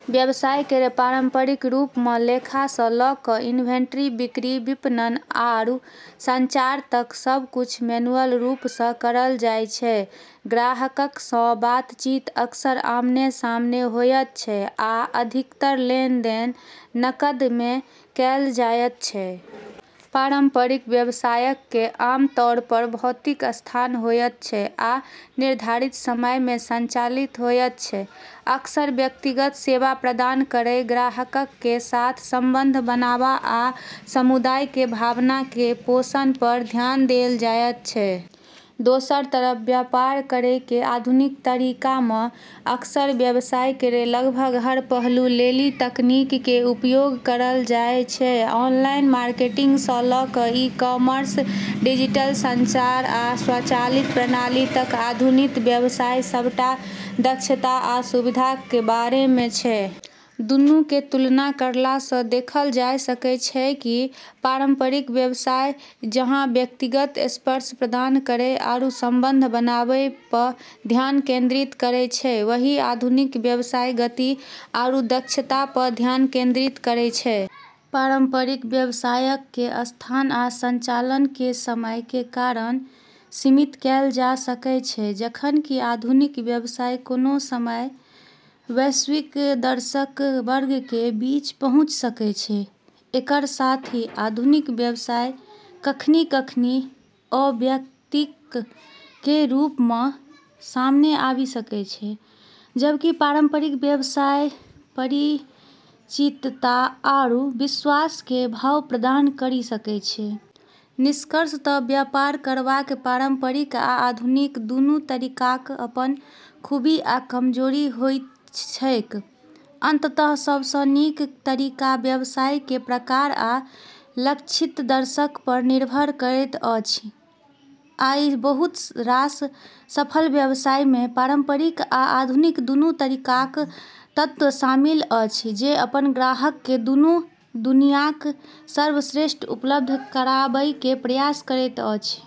व्यवसाय केरऽ पारंपरिक रूप म॑ लेखा स॑ ल॑ क॑ इन्वेंट्री, बिक्री, विपणन आरू संचार तक सब कुछ मैन्युअल रूप स॑ करलऽ जाय छै, ग्राहकक सं बातचीत अक्सर आमने-सामने होयत छै आ अधिकतर लेनदेन नकद मे कैल जायत छै। पारंपरिक व्यवसायक कें आमतौर पर भौतिक स्थान होयत छै आ निर्धारित समय मे संचालित होयत छै अक्सर व्यक्तिगत सेवा प्रदान करय ग्राहकक कें साथ संबंध बनावा आ समुदाय कें भावना कें पोषण पर ध्यान देल जायत छै। दोसरऽ तरफ व्यापार करै के आधुनिक तरीका म॑ अक्सर व्यवसाय केरऽ लगभग हर पहलू लेली तकनीक के उपयोग करलऽ जाय छै, ऑनलाइन मार्केटिंग सं ल क ई-कॉमर्स, डिजिटल संचार आ स्वचालित प्रणाली तक आधुनिक व्यवसाय सबटा दक्षता आ सुविधा कें बारे मे छै। दूनू के तुलना करला स॑ देखलऽ जाय सकै छै कि पारंपरिक व्यवसाय जहां व्यक्तिगत स्पर्श प्रदान करै आरू संबंध बनाबै प॑ ध्यान केंद्रित करै छै, वहीं आधुनिक व्यवसाय गति आरू दक्षता प॑ ध्यान केंद्रित करै छै। पारंपरिक व्यवसायक कें स्थान आ संचालन कें समय कें कारण सीमित कैल जा सकय छै जखन कि आधुनिक व्यवसाय कोनों समय वैश्विक दर्शक वर्ग कें बीच पहुंच सकय छै एकरऽ साथ ही आधुनिक व्यवसाय कखनी-कखनी अवैयक्तिक के रूप म॑ सामने आबी सकै छै, जबकि पारंपरिक व्यवसाय परिचितता आरू विश्वास के भाव प्रदान करी सकै छै। निष्कर्षतः व्यापार करबाक पारंपरिक आ आधुनिक दुनू तरीकाक अपन खूबी आ कमजोरी होइत छैक, अंततः सबस नीक तरीका व्यवसाय के प्रकार आ लक्षित दर्शक पर निर्भर करैत अछि, आइ बहुत रास सफल व्यवसाय मे पारंपरिक आ आधुनिक दुनू तरीकाक तत्व शामिल अछि जे अपन ग्राहक केँ दुनू दुनियाक सर्वश्रेष्ठ उपलब्ध कराबय के प्रयास करैत अछि।